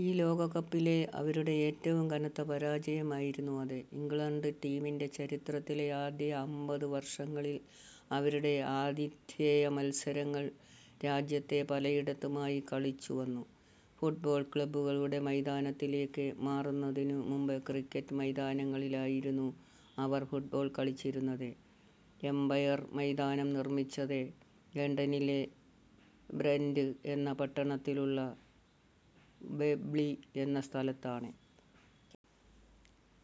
ഒരു ലോകകപ്പിലെ അവരുടെ ഏറ്റവും കനത്ത പരാജയമായിരുന്നു അത്. ഇംഗ്ലണ്ട് ടീമിന്റെ ചരിത്രത്തിലെ ആദ്യ അമ്പത് വർഷങ്ങളിൽ അവരുടെ ആതിഥേയ മത്സരങ്ങൾ രാജ്യത്ത് പലയിടത്തുമായി കളിച്ചു വന്നു. ഫുട്ബോൾ ക്ലബ്ബുകളുടെ മൈതാനത്തിലേക്ക് മാറുന്നതിനു മുമ്പ് ക്രിക്കറ്റ് മൈതാനങ്ങളിലായിരുന്നു അവർ ഫുട്ബോൾ കളിച്ചിരുന്നത്. എമ്പയർ മൈതാനം നിർമ്മിച്ചത് ലണ്ടനിലെ ബ്രെന്റ് എന്ന പട്ടണത്തിലുള്ള വെംബ്ലി എന്ന സ്ഥലത്താണ്.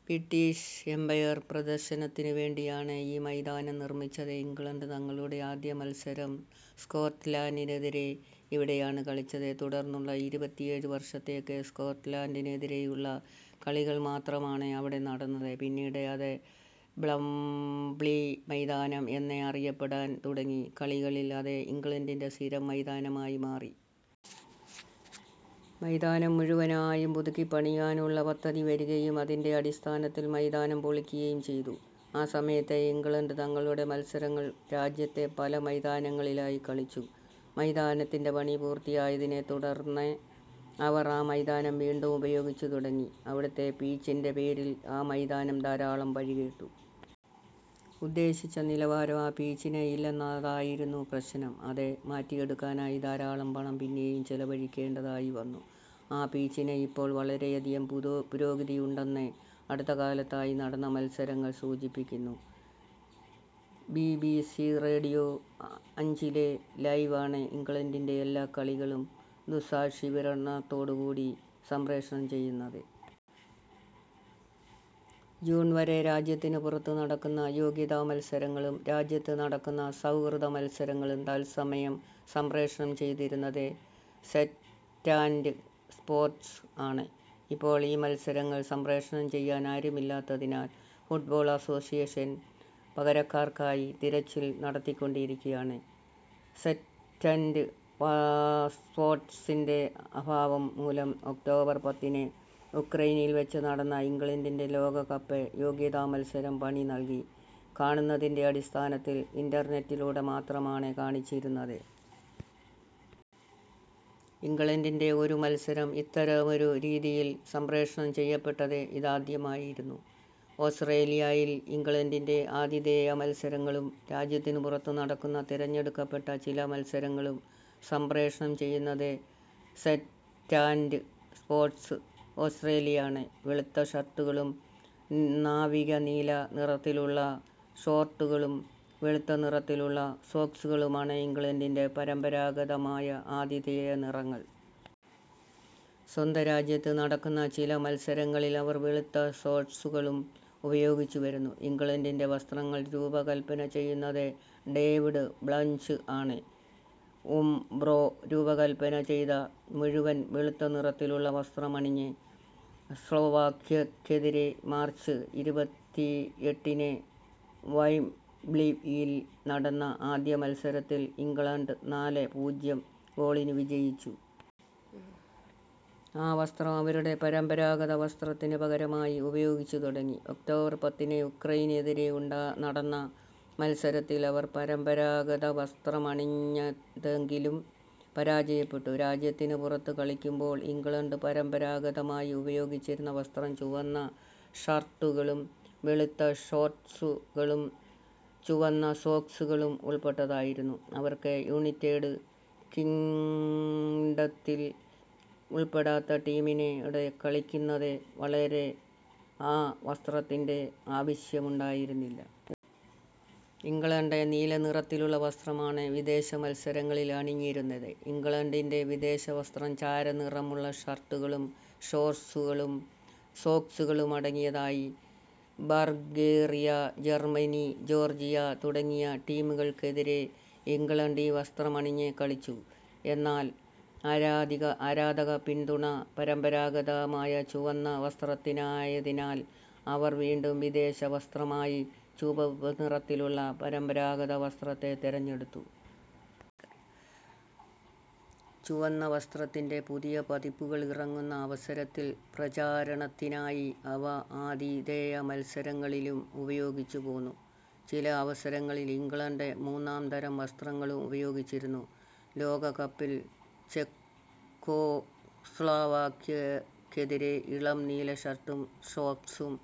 ബ്രിട്ടീഷ് എമ്പയർ പ്രദർശനത്തിനു വേണ്ടിയാണ് ഈ മൈതാനം നിർമ്മിച്ചത്. ഇംഗ്ലണ്ട് തങ്ങളുടെ ആദ്യ മത്സരം സ്കോട്ട്ലൻഡിനെതിരെ ഇവിടെയാണ് കളിച്ചത്. തുടർന്നുള്ള ഇരുപത്തിയേഴ് വർഷത്തേക്ക് സ്കോട്ട്ലൻഡിനെതിരായുള്ള കളികൾ മാത്രമാണ് അവിടെ നടന്നത്. പിന്നീട് അത് വെംബ്ലി മൈതാനം എന്ന് അറിയപ്പെടാൻ തുടങ്ങി. കളികളിൽ അത് ഇംഗ്ലണ്ടിന്റെ സ്ഥിരം മൈതാനമായി മാറി. മൈതാനം മുഴുവനായും പുതുക്കിപ്പണിയാനുള്ള പദ്ധതി വരികയും അതിന്റെ അടിസ്ഥാനത്തിൽ മൈതാനം പൊളിക്കുകയും ചെയ്തു. ആ സമയത്ത് ഇംഗ്ലണ്ട് തങ്ങളുടെ മത്സരങ്ങൾ രാജ്യത്ത് പല മൈതാനങ്ങളിലായി കളിച്ചു. മൈതാനത്തിന്റെ പണി പൂർത്തിയായതിനെത്തുടർന്ന് അവർ ആ മൈതാനം വീണ്ടും ഉപയോഗിച്ചു തുടങ്ങി. അവിടുത്തെ പിച്ചിന്റെ പേരിൽ ആ മൈതാനം ധാരാളം പഴികേട്ടു. ഉദ്ദേശിച്ച നിലവാരം ആ പിച്ചിന് ഇല്ലെന്നതായിരുന്നു പ്രശ്നം. അത് മാറ്റിയെടുക്കാനായി ധാരാളം പണം പിന്നേയും ചിലവഴിക്കേണ്ടതായി വന്നു. ആ പിച്ചിന് ഇപ്പോൾ വളരെയധികം പുരോഗതിയുണ്ടെന്ന് അടുത്തകാലത്തായി നടന്ന മത്സരഫലങ്ങൾ സൂചിപ്പിക്കുന്നു. ബി. ബി. സി. റേഡിയോ അഞ്ചിലെ ലൈവ് ആണ് ഇംഗ്ലണ്ടിന്റെ എല്ലാ കളികളും ദൃക്സാക്ഷിവിവരണത്തോടുകൂടി സംപ്രേഷണം ചെയ്യുന്നത്. ജൂൺ വരെ രാജ്യത്തിനു പുറത്ത് നടക്കുന്ന യോഗ്യതാമത്സരങ്ങളും രാജ്യത്ത് നടക്കുന്ന സൗഹൃദമത്സരങ്ങളും തത്സമയം സംപ്രേഷണം ചെയ്തിരുന്നത് സെറ്റാന്റ സ്പോർട്ട്സ് ആണ്. ഇപ്പോൾ ഈ മത്സരങ്ങൾ സംപ്രേഷണം ചെയ്യാൻ ആരുമില്ലാത്തതിനാൽ ഫുട്ബോൾ അസോസിയേഷൻ പകരക്കാർക്കായി തിരച്ചിൽ നടത്തിക്കൊണ്ടിരിക്കുകയാണ്. സെറ്റാന്റ സ്പോർട്ട്സിന്റെ അഭാവം മൂലം ഒക്ടോബർ പത്തിന് ഉക്രൈനിൽ വെച്ച് നടന്ന ഇംഗ്ലണ്ടിന്റെ ലോകകപ്പ് യോഗ്യതാമത്സരം പണം നൽകി കാണുന്നതിന്റെ അടിസ്ഥാനത്തിൽ ഇന്റർനെറ്റിലൂടെ മാത്രമാണ് കാണിച്ചിരുന്നത്. ഇംഗ്ലണ്ടിന്റെ ഒരു മത്സരം ഇത്തരമൊരു രീതിയിൽ സംപ്രേഷണം ചെയ്യപ്പെട്ടത് ഇതാദ്യമായിരുന്നു. ഓസ്ട്രേലിയയിൽ, ഇംഗ്ലണ്ടിന്റെ ആതിഥേയ മത്സരങ്ങളും രാജ്യത്തിനു പുറത്ത് നടക്കുന്ന തിരഞ്ഞെടുക്കപ്പെട്ട ചില മത്സരങ്ങളും സംപ്രേഷണം ചെയ്യുന്നത് സെറ്റാന്റ സ്പോർട്ട്സ് ഓസ്ട്രേലിയ ആണ്. വെളുത്ത ഷർട്ടുകളും നാവിക നീല നിറത്തിലുള്ള ഷോർട്ടുകളും വെളുത്ത നിറത്തിലുള്ള സോക്സുകളുമാണ് ഇംഗ്ലണ്ടിന്റെ പരമ്പരാഗതമായ ആതിഥേയ നിറങ്ങൾ. സ്വന്തം രാജ്യത്ത് നടക്കുന്ന ചില മത്സരങ്ങളിൽ അവർ വെളുത്ത ഷോർട്ട്സുകളും ഉപയോഗിച്ചുവരുന്നു. ഇംഗ്ലണ്ടിന്റെ വസ്ത്രങ്ങൾ രൂപകല്പന ചെയ്യുന്നത് ഡേവിഡ് ബ്ലാഞ്ച് ആണ്. ഉംബ്രോ രൂപകല്പന ചെയ്ത മുഴുവൻ വെളുത്തനിറത്തിലുള്ള വസ്ത്രമണിഞ്ഞ് സ്ലോവാക്യക്കെതിരെ മാർച്ച് ഇരുപത്തിഎട്ടിന് വെംബ്ലിയിൽ നടന്ന ആദ്യ മത്സരത്തിൽ ഇംഗ്ലണ്ട് നാല് -പൂജ്യം ഗോളിന് വിജയിച്ചു. ആ വസ്ത്രം അവരുടെ പരമ്പരാഗത വസ്ത്രത്തിനു പകരമായി ഉപയോഗിച്ചു തുടങ്ങി. ഒക്ടോബർ പത്തിന് ഉക്രൈനിനെതിരെ നടന്ന മത്സരത്തിൽ അവർ പരമ്പരാഗത വസ്ത്രമാണണിഞ്ഞതെങ്കിലും പരാജയപ്പെട്ടു. രാജ്യത്തിനു പുറത്ത് കളിക്കുമ്പോൾ ഇംഗ്ലണ്ട് പരമ്പരാഗതമായി ഉപയോഗിച്ചിരുന്ന വസ്ത്രം ചുവന്ന ഷർട്ടുകളും വെളുത്ത ഷോർട്ട്സുകളും ചുവന്ന സോക്സുകളും ഉൾപ്പെട്ടതായിരുന്നു. അവർക്ക് യുണൈറ്റഡ് കിംഗ്ഡത്തിൽ ഉൾപ്പെടാത്ത ടീമിനോട് കളിക്കുന്നത് വരെ ആ വസ്ത്രത്തിന്റെ ആവശ്യമുണ്ടായിരുന്നില്ല. ഇംഗ്ലണ്ട് നീല നിറത്തിലുള്ള വസ്ത്രമാണ് വിദേശമത്സരങ്ങളിൽ അണിഞ്ഞിരുന്നത്. ഇംഗ്ലണ്ടിന്റെ വിദേശവസ്ത്രം ചാരനിറമുള്ള ഷർട്ടുകളും ഷോർട്ട്സുകളും സോക്സുകളും അടങ്ങിയതായി. ബൾഗേറിയ, ജർമ്മനി, ജോർജിയ തുടങ്ങിയ ടീമുകൾക്കെതിരെ ഇംഗ്ലണ്ട് ഈ വസ്ത്രമണിഞ്ഞ് കളിച്ചു. എന്നാൽ ആരാധകപിന്തുണ പരമ്പരാഗതമായ ചുവന്ന വസ്ത്രത്തിനായതിനാൽ അവർ വീണ്ടും വിദേശ വസ്ത്രമായി ചുവപ്പ് നിറത്തിലുള്ള പരമ്പരാഗത വസ്ത്രത്തെ തിരഞ്ഞെടുത്തു. ചുവന്ന വസ്ത്രത്തിന്റെ പുതിയ പതിപ്പുകൾ ഇറങ്ങുന്ന അവസരത്തിൽ പ്രചാരണത്തിനായി അവ ആതിഥേയ മത്സരങ്ങളിലും ഉപയോഗിച്ചുപോന്നു. ചില അവസരങ്ങളിൽ ഇംഗ്ലണ്ട് മൂന്നാം തരം വസ്ത്രങ്ങളും ഉപയോഗിച്ചിരുന്നു. ലോകകപ്പിൽ ചെകോസ്ലോവാക്യക്കെതിരെ ഇളം നീല ഷർട്ടും ഷോർട്ട്സും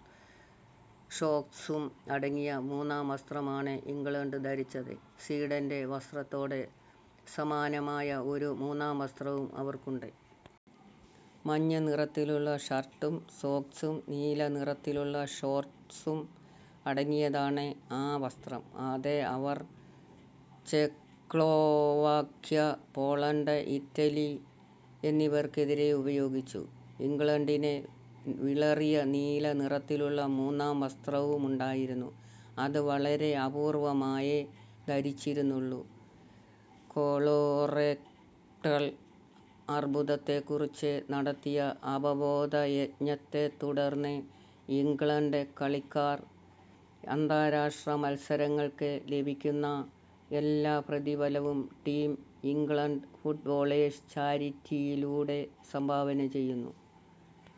സോക്സും അടങ്ങിയ മൂന്നാം വസ്ത്രമാണ് ഇംഗ്ലണ്ട് ധരിച്ചത്. സ്വീഡന്റെ വസ്ത്രത്തോട് സമാനമായ ഒരു മൂന്നാം വസ്ത്രവും അവർക്കുണ്ട്. മഞ്ഞ നിറത്തിലുള്ള ഷർട്ടും സോക്സും നീല നിറത്തിലുള്ള ഷോർട്ട്സും അടങ്ങിയാതാണ് ആ വസ്ത്രം. അത് അവർ ചെകോസ്ലോവാക്യ, പോളണ്ട്, ഇറ്റലി എന്നിവർക്കെതിരെ ഉപയോഗിച്ചു. ഇംഗ്ലണ്ടിന് വിളറിയ നീല നിറത്തിലുള്ള മൂന്നാം വസ്ത്രവുമുണ്ടായിരുന്നു. അത് വളരെ അപൂർവ്വമായേ ധരിച്ചിരുന്നുള്ളൂ. കൊളോറെക്ടൽ അർബുദത്തെക്കുറിച്ച് നടത്തിയ അവബോധയജ്ഞത്തെത്തുടർന്ന് ഇംഗ്ലണ്ട് കളിക്കാർ അന്താരാഷ്ട്ര മത്സരങ്ങൾക്ക് ലഭിക്കുന്ന എല്ലാ പ്രതിഫലവും ടീം ഇംഗ്ലണ്ട് ഫുട്ബോളേഴ്സ് ചാരിറ്റിയിലൂടെ സംഭാവന ചെയ്യുന്നു.